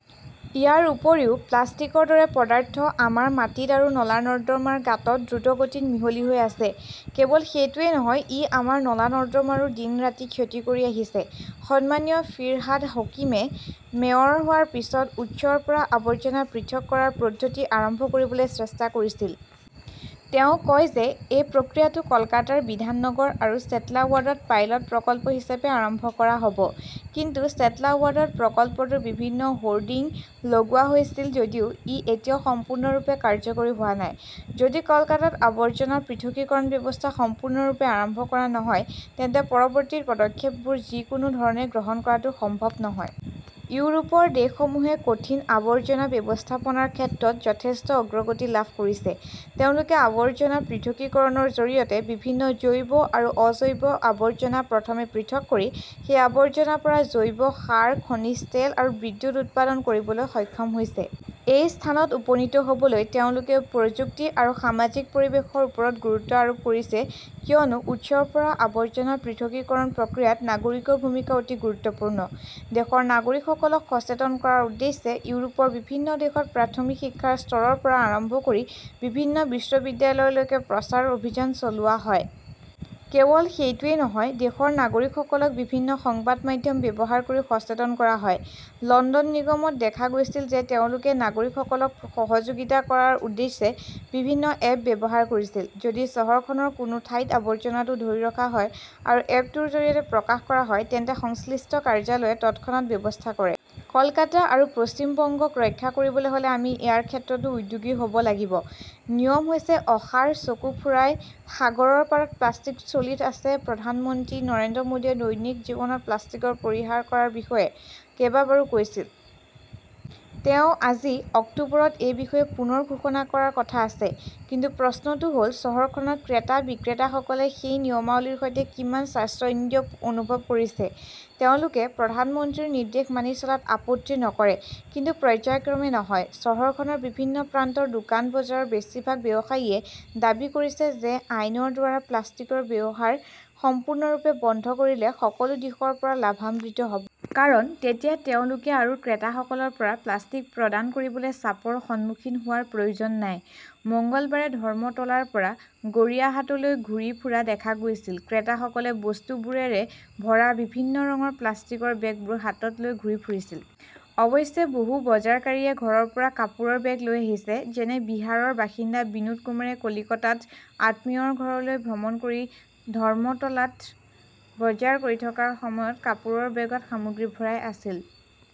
ইয়াৰ উপৰিও প্লাষ্টিকৰ দৰে পদাৰ্থ আমাৰ মাটিত আৰু নলা-নৰ্দমাৰ গাঁতত দ্ৰুতগতিত মিহলি হৈ আছে। কেৱল সেইটোৱেই নহয়, ই আমাৰ নলা-নৰ্দমাৰো দিন-ৰাতি ক্ষতি কৰি আহিছে। সন্মানীয় ফিৰহাদ হকীমে মেয়ৰ হোৱাৰ পিছত উৎসৰ পৰা আৱৰ্জনা পৃথক কৰাৰ পদ্ধতি আৰম্ভ কৰিবলৈ চেষ্টা কৰিছিল। তেওঁ কয় যে এই প্ৰক্ৰিয়াটো কলকাতাৰ বিধাননগৰ আৰু চেটলা ৱাৰ্ডত পাইলট প্ৰকল্প হিচাপে আৰম্ভ কৰা হ 'ব, কিন্তু চেটলা ৱাৰ্ডত প্ৰকল্পটোৰ বিভিন্ন হোৰ্ডিং লগোৱা হৈছিল যদিও ই এতিয়াও সম্পূৰ্ণৰূপে কাৰ্যকৰী হোৱা নাই। যদি কলকাতাত আৱৰ্জনা পৃথকীকৰণ ব্যৱস্থা সম্পূৰ্ণৰূপে আৰম্ভ কৰা নহয়, তেন্তে পৰৱৰ্তী পদক্ষেপবোৰ যিকোনো ধৰণে গ্ৰহণ কৰাটো সম্ভৱ নহয়। ইউৰোপৰ দেশসমূহে কঠিন আৱৰ্জনা ব্যৱস্থাপনাৰ ক্ষেত্ৰত যথেষ্ট অগ্ৰগতি লাভ কৰিছে। তেওঁলোকে আৱৰ্জনা পৃথকীকৰণৰ জৰিয়তে বিভিন্ন জৈৱ আৰু অজৈব আৱৰ্জনা প্ৰথমে পৃথক কৰি সেই আৱৰ্জনাৰ পৰা জৈৱ সাৰ, খনিজ তেল আৰু বিদ্যুৎ উৎপাদন কৰিবলৈ সক্ষম হৈছে। এই স্থানত উপনীত হ 'বলৈ তেওঁলোকে প্ৰযুক্তি আৰু সামাজিক পৰিৱেশৰ ওপৰত গুৰুত্ব আৰোপ কৰিছে, কিয়নো উৎসৰ পৰা আৱৰ্জনা পৃথকীকৰণ প্ৰক্ৰিয়াত নাগৰিকৰ ভূমিকা অতি গুৰুত্বপূৰ্ণ। দেশৰ নাগৰিকসকলক সচেতন কৰাৰ উদ্দেশ্যে ইউৰোপৰ বিভিন্ন দেশত প্ৰাথমিক শিক্ষাৰ স্তৰৰ পৰা আৰম্ভ কৰি বিভিন্ন বিশ্ববিদ্যালয়লৈকে প্ৰচাৰ অভিযান চলোৱা হয়। কেৱল সেইটোৱেই নহয়, দেশৰ নাগৰিকসকলক বিভিন্ন সংবাদ মাধ্যম ব্যৱহাৰ কৰি সচেতন কৰা হয়। লণ্ডন নিগমত দেখা গৈছিল যে তেওঁলোকে নাগৰিকসকলক সহযোগিতা কৰাৰ উদ্দেশ্যে বিভিন্ন 'এপ "ব্যৱহাৰ কৰিছিল। যদি চহৰখনৰ কোনো ঠাইত আৱৰ্জনাটো ধৰি ৰখা হয় আৰু এপটোৰ জৰিয়তে প্ৰকাশ কৰা হয় তেন্তে সংশ্লিষ্ট কাৰ্যালয়ে তৎক্ষণাত ব্যৱস্থা কৰে। কলকাতা আৰু পশ্চিম বংগক ৰক্ষা কৰিবলৈ হ'লে আমি ইয়াৰ ক্ষেত্ৰতো উদ্যোগী হ' ব লাগিব। নিয়ম হৈছে অসাৰ, চকু ফুৰাই সাগৰৰ পাৰত প্লাস্তিক চলি আছে প্ৰধানমন্ত্ৰী নৰেন্দ্ৰ মোদীয়ে দৈনন্দিন জীৱনত প্লাষ্টিকৰ পৰিহাৰ কৰাৰ বিষয়ে কেইবাবাৰো কৈছিল। তেওঁ আজি, অক্টোবৰত এই বিষয়ে পুনৰ ঘোষণা কৰাৰ কথা আছে। কিন্তু প্ৰশ্নটো হ'ল, চহৰখনৰ ক্ৰেতা-বিক্ৰেতাসকলে সেই নিয়মাৱলীৰ সৈতে কিমান স্বাচ্ছন্দ্য অনুভৱ কৰিছে? তেওঁলোকে প্ৰধানমন্ত্ৰীৰ নিৰ্দেশ মানি চলাত আপত্তি নকৰে। কিন্তু পৰ্য্যায়ক্ৰমে নহয়। চহৰখনৰ বিভিন্ন প্ৰান্তৰ দোকান-বজাৰৰ বেছিভাগ ব্যৱসায়ীয়ে দাবী কৰিছে যে আইনৰ দ্বাৰা প্লাষ্টিকৰ ব্যৱহাৰ সম্পূৰ্ণৰূপে বন্ধ কৰিলে সকলো দিশৰ পৰা লাভান্বিত হ 'ব। কাৰণ তেতিয়া তেওঁলোকে আৰু ক্ৰেতাসকলৰ পৰা প্লাষ্টিক প্ৰদান কৰিবলৈ 'চাপ' ৰ সন্মুখীন হোৱাৰ প্ৰয়োজন নাই। মঙলবাৰে ধৰ্মতলাৰ পৰা গড়িয়াহাটলৈ ঘূৰি ফুৰা দেখা গৈছিল, ক্ৰেতাসকলে বস্তুবোৰেৰে ভৰা বিভিন্ন ৰঙৰ প্লাষ্টিকৰ বেগবোৰ হাতত লৈ ঘূৰি ফুৰিছিল। অৱশ্যে, বহু বজাৰকাৰীয়ে ঘৰৰ পৰা কাপোৰৰ বেগ লৈ আহিছে। যেনে বিহাৰৰ বাসিন্দা বিনোদ কুমাৰে কলকাতাত আত্মীয়ৰ ঘৰলৈ ভ্ৰমণ কৰি ধৰ্মতালাত বজাৰ কৰি থকাৰ সময়ত কাপোৰৰ বেগত সামগ্ৰী ভৰাই আছিল।